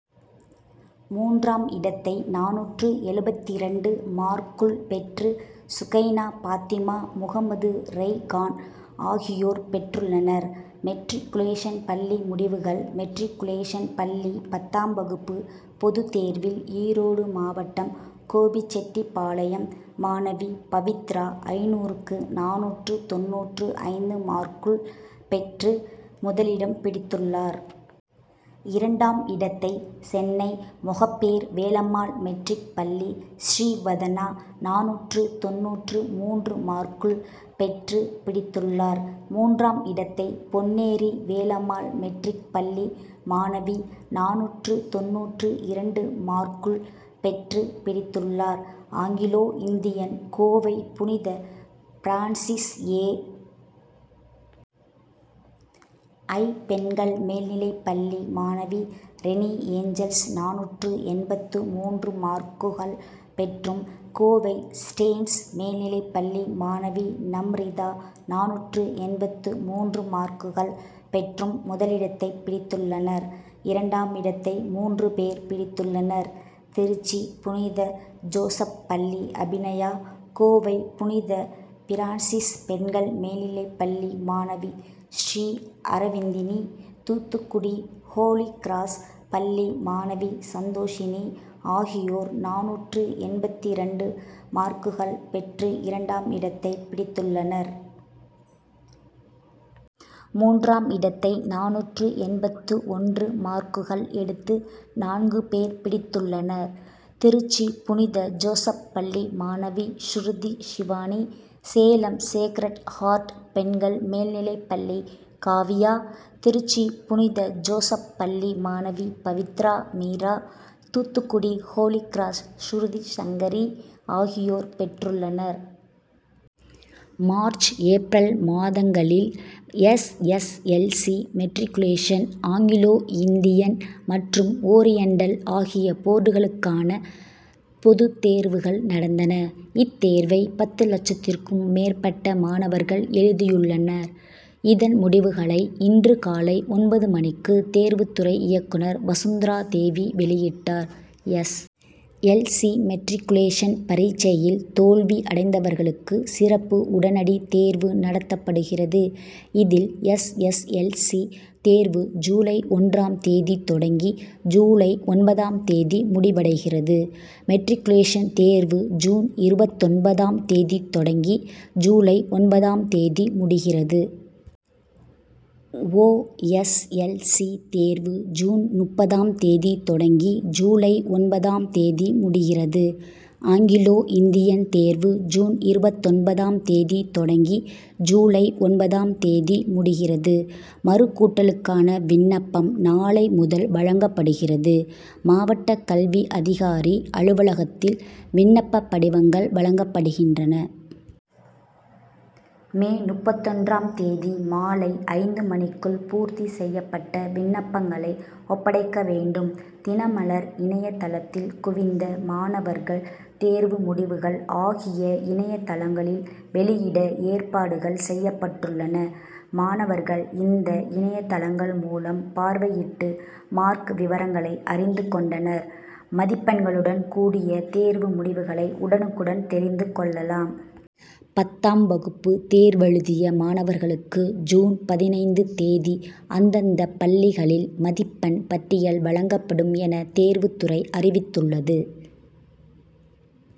மூன்றாம் இடத்தை நானூற்று எழுபத்திரண்டு மார்க்குள் பெற்று சுகைனா பாத்திமா, முகமது ரெய்ஹான் ஆகியோர் பெற்றுள்ளனர். மெட்ரிகுலேஷன் பள்ளி முடிவுகள் மெட்ரிகுலேஷன் பள்ளி பத்தாம் வகுப்பு பொதுத்தேர்வில் ஈரோடு மாவட்டம் கோபிச்செட்டிப்பாளையம் மாணவி பவித்ரா ஐந்நூறுக்கு நானூற்று தொண்ணூற்று ஐந்து மார்க்குள் பெற்று முதலிடம் பிடித்துள்ளார். இரண்டாம் இடத்தை சென்னை மொகப்பேர் வேலம்மாள் மெட்ரிக் பள்ளி ஸ்ரீவதனா நானூற்று தொண்ணூற்று மூன்று மார்க்குள் பெற்று பிடித்துள்ளார். மூன்றாம் இடத்தை பொன்னேரி வேலம்மாள் மெட்ரிக் பள்ளி மாணவி நானூற்று தொண்ணூற்று இரண்டு மார்க்குள் பெற்று பிடித்துள்ளார். ஆங்கிலோ இந்தியன் கோவை புனித பிரான்சிஸ் ஏ. ஐ., பெண்கள் மேல் நிலைப்பள்ளி மாணவி ரெணி ஏஞ்சல்ஸ் நானூற்று எண்பத்து மூன்று மார்க்குகள் பெற்றும், கோவை ஸ்டேன்ஸ் மேல்நிலைப்பள்ளி மாணவி நம்ரிதா நானூற்று எண்பத்து மூன்று மார்க்குகள் பெற்றும் முதலிடத்தைப் பிடித்துள்ளனர். இரண்டாம் இடத்தை மூன்று பேர் பிடித்துள்ளனர். திருச்சி புனித ஜோசப் பள்ளி அபிநயா, கோவை புனித பிரான்சிஸ் பெண்கள் மேல்நிலைப் பள்ளி மாணவி ஸ்ரீ அரவிந்தினி, தூத்துக்குடி ஹோலி கிராஸ் பள்ளி மாணவி சந்தோசினி ஆகியோர் நானூற்று எண்பத்திரண்டு மார்க்குகள் பெற்று இரண்டாம் இடத்தைப் பிடித்துள்ளனர். மூன்றாம் இடத்தை நானூற்று எண்பத்து ஒன்று மார்க்குகள் எடுத்து நான்கு பேர் பிடித்துள்ளனர். திருச்சி புனித ஜோசப் பள்ளி மாணவி ஸ்ருதி ஷிவானி, சேலம் சேக்ரட் ஹார்ட் பெண்கள் மேல்நிலைப் பள்ளி காவ்யா, திருச்சி புனித ஜோசப் பள்ளி மாணவி பவித்ரா மீரா, தூத்துக்குடி ஹோலி கிராஸ் ஸ்ருதி சங்கரி ஆகியோர் பெற்றுள்ளனர். மார்ச், ஏப்ரல் மாதங்களில், S. S. L. C., matriculation, Anglo Indian மற்றும் ஓரியன்டல் ஆகிய போர்டுகளுக்கான பொதுத்தேர்வுகள் நடந்தன. இத்தேர்வை, பத்து லட்சத்திற்கும் மேற்பட்ட மாணவர்கள் எழுதியுள்ளனர். இதன் முடிவுகளை, இன்று காலை ஒன்பது மணிக்கு தேர்வுத்துறை இயக்குனர் வசுந்த்ராதேவி வெளியிட்டார். எஸ். எல். சி., மெட்ரிக்குலேசன் பரீட்சையில் தோல்வி அடைந்தவர்களுக்கு சிறப்பு உடனடி தேர்வு நடத்தப்படுகிறது. இதில் எஸ். எஸ். எல். சி. தேர்வு ஜுலை ஒன்றாம் தேதி தொடங்கி ஜுலை ஒன்பதாம் தேதி முடிவடைகிறது. மெட்ரிக்குலேசன் தேர்வு ஜுன் இருபத்தொன்பதாம் தேதி தொடங்கி ஜுலை ஒன்பதாம் தேதி முடிகிறது. ஓ. எஸ். எல். சி. தேர்வு ஜுன் முப்பதாம் தேதி தொடங்கி ஜுலை ஒன்பதாம் தேதி முடிகிறது. ஆங்கிலோ இந்தியன் தேர்வு ஜுன் இருபத்தொன்பதாம் தேதி தொடங்கி ஜுலை ஒன்பதாம் தேதி முடிகிறது. மறுகூட்டலுக்கான விண்ணப்பம் நாளை முதல் வழங்கப்படுகிறது. மாவட்ட கல்வி அதிகாரி அலுவலகத்தில் விண்ணப்ப படிவங்கள் வழங்கப்படுகின்றன. மே முப்பத்தொன்றாம் தேதி மாலை ஐந்து மணிக்குள் பூர்த்தி செய்யப்பட்ட விண்ணப்பங்களை ஒப்படைக்க வேண்டும். தினமலர் இணையதளத்தில் குவிந்த மாணவர்கள் தேர்வு முடிவுகள் ஆகிய இணையதளங்களில் வெளியிட ஏற்பாடுகள் செய்யப்பட்டுள்ளன. மாணவர்கள், இந்த இணையதளங்கள் மூலம் பார்வையிட்டு மார்க் விவரங்களை அறிந்து கொண்டனர். மதிப்பெண்களுடன் கூடிய தேர்வு முடிவுகளை உடனுக்குடன் தெரிந்து கொள்ளலாம். பத்தாம் வகுப்பு தேர்வெழுதிய மாணவர்களுக்கு, ஜூன் பதினைந்து தேதி அந்தந்த பள்ளிகளில் மதிப்பெண் பட்டியல் வழங்கப்படும் என, தேர்வுத்துறை அறிவித்துள்ளது.